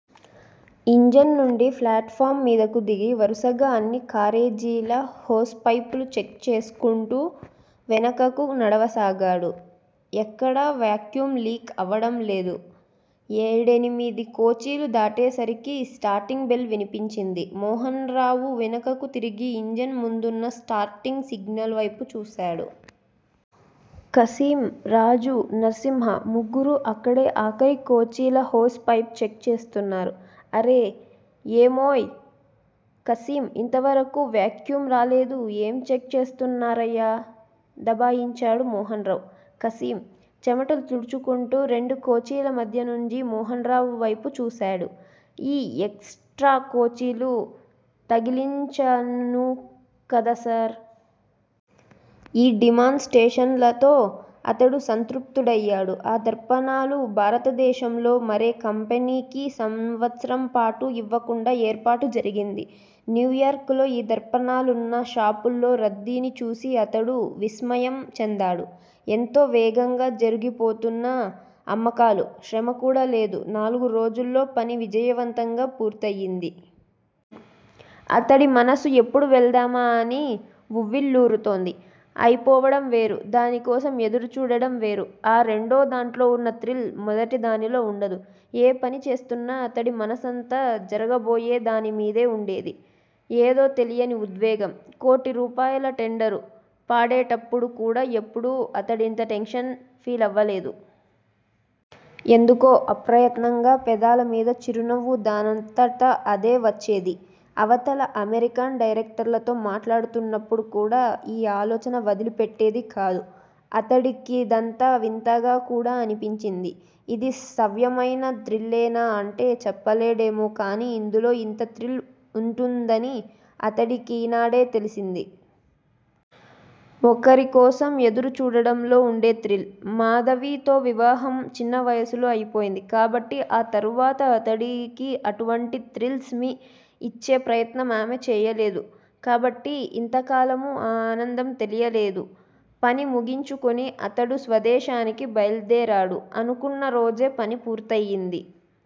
Engine నుంచి platform మీదకు దిగి వరుసగా అన్నికారేజీల హోస్ పైప్స్ చెక్ చేసుకుంటూ వెనుకకు నడవసాగాడు. ఎక్కడా వ్యాక్యూమ్ లీక్ అవటం లేదు. ఏడెనిమిది కోచీలు దాటేసరికి స్టార్టింగ్ బెల్ వినిపించింది. మోహన్రావ్ వెనకకు తిరిగి ఇంజన్ ముందున్న స్టార్టింగ్ సిగ్నల్ వేపు చూశాడు. ఖాసిమ్, రాజు, నర్సింహ ముగ్గురూ అక్కడే ఆఖరికోచీలహోస్ పైప్స్ చెక్ చేస్తున్నారు. అరె, ఏమోయ్ ఖాసిమ్ ఇంతవరకూ వ్యాక్యూమ్ రాలేదు. ఏం చెక్ చేస్తున్రయ్యా దబాయించాడు మోహన్రావ్. ఖాసిమ్ చెమటలు తుడుచుకుంటూ రెండు కోచీల మధ్యనుంచి మోహన్రావ్ వేపు చూశాడు. ఈ ఎక్ స్ట్రా కోచీలు తగిలించిన్రుకద్సార్. ఆ డిమాన్ స్ట్రేషన్ లతో అతడు సంతృప్తుడయ్యాడు. ఆ దర్పణాలు భారతదేశంలో మరే కంపెనీకి సంవత్సరంపాటు ఇవ్వకుండా ఏర్పాటు జరిగింది. న్యూయార్క్ లో ఈ దర్పణాలున్న షాపుల్లో రద్దీని చూసి అతడు విస్మయం చెందాడు. ఎంతో వేగంగా జరిగిపోతున్నాయి అమ్మకాలు. శ్రమకూడా లేదు. నాలుగు రోజుల్లో పని విజయవంతంగా పూర్తయింది. అతడి మనసు ఎప్పుడు వెళ్దామా అని వువ్విళ్ళూరుతోంది. అయిపోవడం వేరు. దానికోసం ఎదురుచూడటం వేరు. ఆ రెండోదాన్లో వున్న థ్రిల్ మొదటిదానిలో వుండదు. ఏ పని చేస్తున్నా అతడి మనసంతా జరగబోయేదానిమీదే వుండేది. ఏదో తెలియని ఉద్వేగం. కోటి రూపాయల టెండరు పాడేటప్పుడు కూడా ఎపుడూ అతడింత టెన్షన్ ఫీలవలేదు. ఎందుకో అప్రయత్నంగా పెదాల మీద చిరునవ్వు దానంతట అదే వచ్చేది. అవతల అమెరికన్ డైరెక్టర్లతో మాట్లాడుతున్నప్పుడు కూడా ఈ ఆలోచన వదలిపెట్టేది కాదు. అతడి కిదంతా వింతగా కూడా అనిపించింది. ఇది సవ్యమైన థ్రిల్లేనా అంటే చెప్పలేడేమో కానీ ఇందులో ఇంత థ్రిల్ వుంటుందని అతడికీనాడే తెలిసింది. ఒకరికోసం ఎదురు చూడటంలో వుండే థ్రిల్లు! మాధవితో వివాహం చిన్న వయసులో అయిపోయింది. కాబట్టి ఆ తరువాత అతడికి అటువంటి థ్రిల్సేమీ ఇచ్చే ప్రయత్నం ఆమె చేయలేదు కాబట్టి ఇంతకాలమూ ఆ ఆనందం తెలియలేదు. పని ముగించుకుని అతడు స్వదేశానికి బయల్దేరాడు. అనుకున్న రోజే పని పూర్తయింది.